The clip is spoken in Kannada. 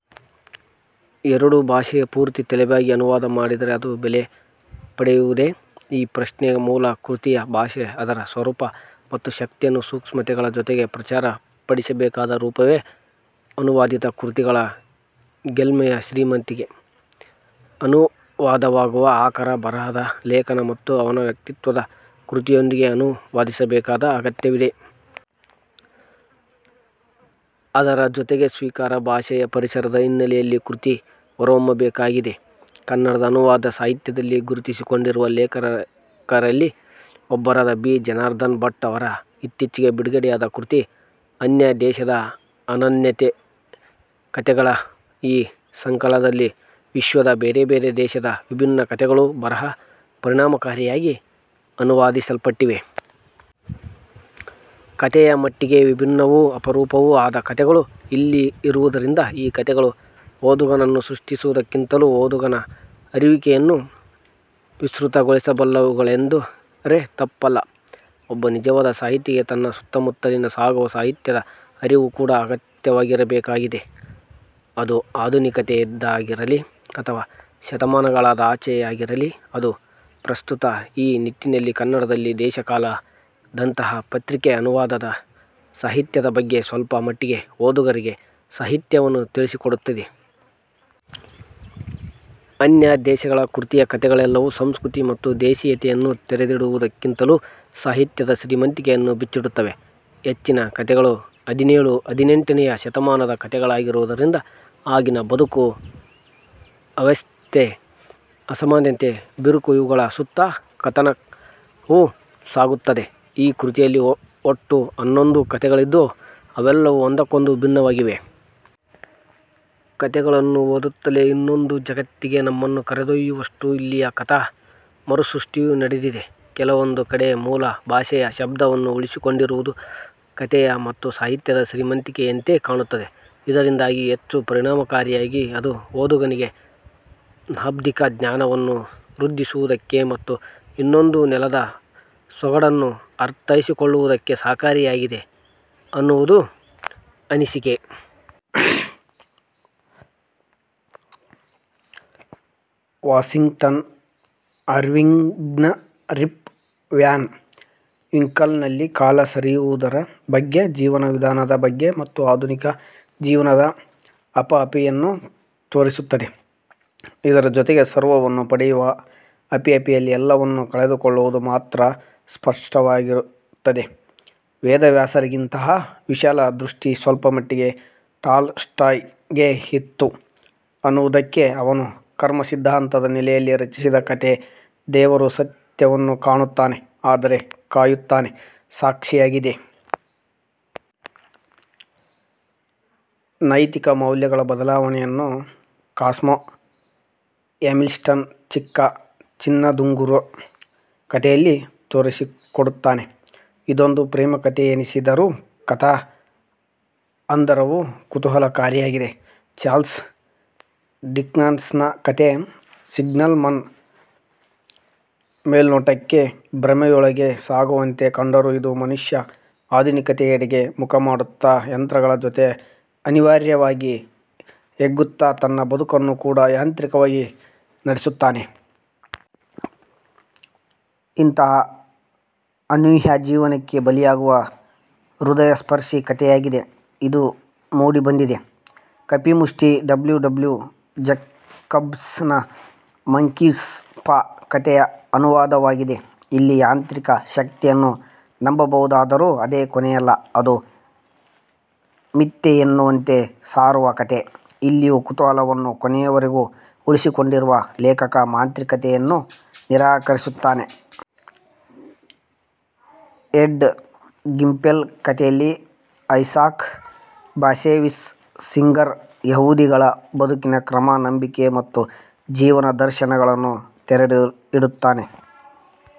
ಎರಡು ಭಾಷೆಗೆ ಪೂರ್ತಿ ತಲೆಬಾಗಿ ಅನುವಾದ ಮಾಡಿದರೆ ಅದು ಬೆಲೆ ಪಡೆಯುವುದೆ? ' ಈ ಪ್ರಶ್ನೆಗೆ ಮೂಲ ಕೃತಿಯ ಭಾಷೆಯನ್ನು ಅದರ ಸ್ವರೂಪ ಮತ್ತು ಶಕ್ತಿಯನ್ನು ಸೂಕ್ಷ್ಮತೆಗಳ ಜೊತೆಗೆ ಪ್ರಚಾರ ಪಡಿಸಬೇಕಾದ ರೂಪವೇ ಅನುವಾದಿತ ಕೃತಿಗಳ ಗೆಲ್ಮೆಯ ಧೀಮಂತಿಕೆ. ಅನುವಾದವಾಗುವಾಗ ಆಕರ ಬರಹದ ಲೇಖಕ ಮತ್ತು ಅವನ ವ್ಯಕ್ತಿತ್ವದ ಕೃತಿಯೊಂದಿಗೆ ಅನುವಾದಿಸಬೇಕಾದ ಅಗತ್ಯವಿದೆ. ಅದರ ಜೊತೆಗೆ ಸ್ವೀಕಾರ ಭಾಷೆಯ ಪರಿಸರದ ಹಿನ್ನಲೆಯಲ್ಲಿ ಕೃತಿ ಹೊರಹೊಮ್ಮಬೇಕಾಗಿದೆ. ಕನ್ನಡದ ಅನುವಾದ ಸಾಹಿತ್ಯದಲ್ಲಿ ಗುರುತಿಸಿಕೊಂಡಿರುವ ಲೇಖಕರಲ್ಲಿ ಒಬ್ಬರಾದ 'ಬಿ. ಜನಾರ್ಧನ ಭಟ್' ಅವರ ಇತ್ತೀಚೆಗೆ ಬಿಡುಗಡೆಯಾದ ಕೃತಿ 'ಅನ್ಯ ದೇಶದ ಅನನ್ಯ ಕತೆಗಳು'. ಈ ಸಂಕಲನದಲ್ಲಿ ವಿಶ್ವದ ಬೇರೆ ಬೇರೆ ದೇಶದ ವಿಭಿನ್ನ ಕಥೆಗಳು ಬಹಳ ಪರಿಣಾಮಕಾರಿಯಾಗಿ ಅನುವಾದಿಸಲ್ಪಟ್ಟಿವೆ. ಕಥೆಯ ಮಟ್ಟಿಗೆ ವಿಭಿನ್ನವೂ, ಅಪರೂಪವೂ ಆದ ಕಥೆಗಳು ಇಲ್ಲಿರುವುದರಿಂದ ಈ ಕಥೆಗಳು ಓದುಗನನ್ನು ಸೃಷ್ಟಿಸುವುದಕ್ಕಿಂತಲೂ ಓದುಗನ ಅರಿಯುವಿಕೆಯನ್ನು ವಿಸೃತಗೊಳಿಸಬಲ್ಲವುಗಳೆಂದರೆ ತಪ್ಪಲ್ಲ. ಒಬ್ಬ ನಿಜವಾದ ಸಾಹಿತಿಗೆ ತನ್ನ ಸುತ್ತಮುತ್ತಲಲ್ಲಿ ಸಾಗುವ ಸಾಹಿತ್ಯದ ಅರಿವು ಕೂಡ ಅಗತ್ಯವಾಗಿಬೇಕಾಗಿದೆ. ಅದು ಆಧುನಿಕತೆಯದ್ದಾಗಿರಲಿ ಅಥವಾ ಶತಮಾನಗಳಾದಾಚೆಯಾಗಿರಲಿ, ಅದು ಅಪ್ರಸ್ತುತ. ಈ ನಿಟ್ಟಿನಲ್ಲಿ ಕನ್ನಡದಲ್ಲಿ 'ದೇಶಕಾಲ'ದಂತಹ ಪತ್ರಿಕೆ ಅನುವಾದ ಸಾಹಿತ್ಯದ ಬಗ್ಗೆ ಸ್ವಲ್ಪ ಮಟ್ಟಿಗೆ ಓದುಗರಿಗೆ ಮಾಹಿತಿಯನ್ನ ತಿಳಿಸಿಕೊಡುತ್ತಿದೆ. 'ಅನ್ಯ ದೇಶಗಳ' ಕೃತಿಯ ಕಥೆಗಳೆಲ್ಲವೂ ಸಂಸ್ಕೃತಿ ಮತ್ತು ದೇಸೀಯತೆಯನ್ನು ತೆರೆದಿಡುವುದಕ್ಕಿಂತಲೂ ಸಾಹಿತ್ಯದ ಶ್ರೀಮಂತಿಕೆಯನ್ನು ಬಿಚ್ಚಿಡುತ್ತವೆ. ಹೆಚ್ಚಿನ ಕಥೆಗಳು ಹದಿನೇಳು, ಹದಿನೆಂಟನೆಯ ಶತಮಾನದ ಕಥೆಗಳಾಗಿರುವುದರಿಂದ ಆಗಿನ ಬದುಕು, ಅವ್ಯವಸ್ಥೆ, ಅಸಮಾನತೆ, ಬಿರುಕು ಇವುಗಳ ಸುತ್ತಾ ಕಥನಕವು ಸಾಗುತ್ತದೆ. ಈ ಕೃತಿಯಲ್ಲಿ ಒಟ್ಟು ಹನ್ನೊಂದು ಕಥೆಗಳಿದ್ದು ಅವೆಲ್ಲವೂ ಒಂದಕ್ಕೊಂದು ವಿಭಿನ್ನವಾಗಿವೆ. ಕಥೆಗಳನ್ನು ಓದುತ್ತಲೇ ಇನ್ನೊಂದು ಜಗತ್ತಿಗೆ ನಮ್ಮನ್ನು ಕರೆದೊಯ್ಯುವಷ್ಟು ಇಲ್ಲಿಯ ಕಥಾ ಮರುಸೃಷ್ಟಿಯೂ ನಡೆದಿದೆ. ಕೆಲವೊಂದು ಕಡೆ ಮೂಲ ಭಾಷೆಯ ಶಬ್ದವನ್ನು ಉಳಿಸಿಕೊಂಡಿರುವುದು ಕಥೆಯ ಮತ್ತು ಸಾಹಿತ್ಯದ ಶ್ರೀಮಂತಿಕೆಯಂತೆ ಕಾಣುತ್ತದೆ. ಇದರಿಂದಾಗಿ ಹೆಚ್ಚು ಪರಿಣಾಮಕಾರಿಯಾಗಿ ಅದು ಓದುಗನಿಗೆ ಶಾಬ್ದಿಕ ಜ್ಞಾನವನ್ನೂ ವೃದ್ಧಿಸುವುದಕ್ಕೆ ಮತ್ತು ಇನ್ನೊಂದು ನೆಲದ ಸೊಗಡನ್ನು ಅರ್ಥೈಸಿಕೊಳ್ಳುವುದಕ್ಕೆ ಸಹಕಾರಿಯಾಗಿದೆ ಅನ್ನುವುದು ನನ್ನ ಅನಿಸಿಕೆ. ವಾಷಿಂಗ್ಟನ್ ಐರ್ವಿಂಗ್ನ 'ರಿಪ್ ವ್ಯಾನ್ ವಿಂಕಲ್'ನಲ್ಲಿ ಕಾಲ ಸರಿಯುವುದರ ಬಗ್ಗೆ, ಜೀವನ ವಿಧಾನದ ಬಗ್ಗೆ ಮತ್ತು ಆಧುನಿಕ ಜೀವನದ ಹಪಹಪಿಯನ್ನ ತೋರಿಸುತ್ತದೆ. ಇದರ ಜೊತೆಗೆ ಸರ್ವವನ್ನೂ ಪಡೆಯುವ ಹಪಿಹಪಿಯಲ್ಲಿ ಎಲ್ಲವನ್ನೂ ಕಳೆದುಕೊಳ್ಳುವುದು ಮಾತ್ರ ಸ್ಪುಟವಾಗುತ್ತದೆ. ವೇದವ್ಯಾಸರಿಗಿದ್ದಂತಹ ವಿಶಾಲ ದೃಷ್ಟಿ ಸ್ವಲ್ಪಮಟ್ಟಿಗೆ ಟಾಲ್ ಸ್ಟಾಯ್ ಗೆ ಇತ್ತು ಅನ್ನುವುದಕ್ಕೆ ಅವನು ಕರ್ಮಸಿದ್ಧಾಂತದ ನೆಲೆಯಲ್ಲಿ ರಚಿಸಿದ ಕಥೆ, 'ದೇವರು ಸತ್ಯವನ್ನು ಕಾಣುತ್ತಾನೆ, ಆದರೆ ಕಾಯುತ್ತಾನೆ' ಸಾಕ್ಷಿಯಾಗಿದೆ. ನೈತಿಕ ಮೌಲ್ಯಗಳ ಬದಲಾವಣೆಯನ್ನು ಕಾಸ್ಮೋ ಹ್ಯಾಮಿಲ್ಟನ್ 'ಚಿಕ್ಕ ಚಿನ್ನದುಂಗುರ' ಕಥೆಯಲ್ಲಿ ತೋರಿಸಿಕೊಡುತ್ತಾನೆ. ಇದೊಂದು ಪ್ರೇಮಕಥೆಯಿನಿಸಿದರೂ ಕಥಾ ಹಂದರವು ಕುತೂಹಲಕಾರಿಯಾಗಿದೆ. ಚಾರ್ಲ್ಸ್ ಡಿಕನ್ಸ್ನ ಕಥೆ 'ಸಿಗ್ನಲ್ ಮನ್' ಮೇಲ್ನೋಟಕ್ಕೆ ಭ್ರಮೆಯೊಳಗೆ ಸಾಗುವಂತೆ ಕಂಡರೂ ಇದು ಮನುಷ್ಯ ಆಧುನಿಕತೆಯೆಡೆಗೆ ಮುಖಮಾಡುತ್ತಾ ಯಂತ್ರಗಳ ಜೊತೆಗೆ ಅನಿವಾರ್ಯವಾಗಿ ಏಗುತ್ತಾ ತನ್ನ ಬದುಕನ್ನು ಕೂಡ ಯಾಂತ್ರಿಕವಾಗಿ ನಡೆಸುತ್ತಾನೆ. ಇಂತಹ ಅನೂಹ್ಯ ಜೀವನಕ್ಕೆ ಬಲಿಯಾಗುವ ಹೃದಯಸ್ಪರ್ಶಿ ಕಥೆಯಾಗಿದೆ ಇದು ಮೂಡಿಬಂದಿದೆ. 'Kapi Mushti' W W Jacobs ನ 'ದ ಮಂಕೀಸ್ ಪಾ' ಕಥೆಯ ಅನುವಾದವಾಗಿದೆ. ಇಲ್ಲಿ ಮಾಂತ್ರಿಕ ಶಕ್ತಿಯನ್ನು ನಂಬಬಹುದಾದರೂ ಅದೇ ಕೊನೆಯಲ್ಲ. ಅದು ಮಿಥ್ಯೆಯೆನ್ನುವಂತೆ ಸಾರುವ ಕಥೆ. ಇಲ್ಲಿಯೂ ಕುತೂಹಲವನ್ನು ಕೊನೆಯವರೆಗೂ ಉಳಿಸಿಕೊಂಡಿರುವ ಲೇಖಕ ಮಾಂತ್ರಿಕತೆಯನ್ನು ನಿರಾಕರಿಸಿಬಿಡುತ್ತಾನೆ. 'ಹೆಡ್ಡ ಗಿಂಪೆಲ್' ಕಥೆಯಲ್ಲಿ ಐಸಾಕ್ ಬಾಷೆವಿಸ್ ಸಿಂಗರ್ ಯಹೂದಿಗಳ ಬದುಕಿನ ಕ್ರಮ, ನಂಬಿಕೆ ಮತ್ತು ಜೀವನದರ್ಶನಗಳನ್ನು ತೆರೆದಿಡುತ್ತಾನೆ.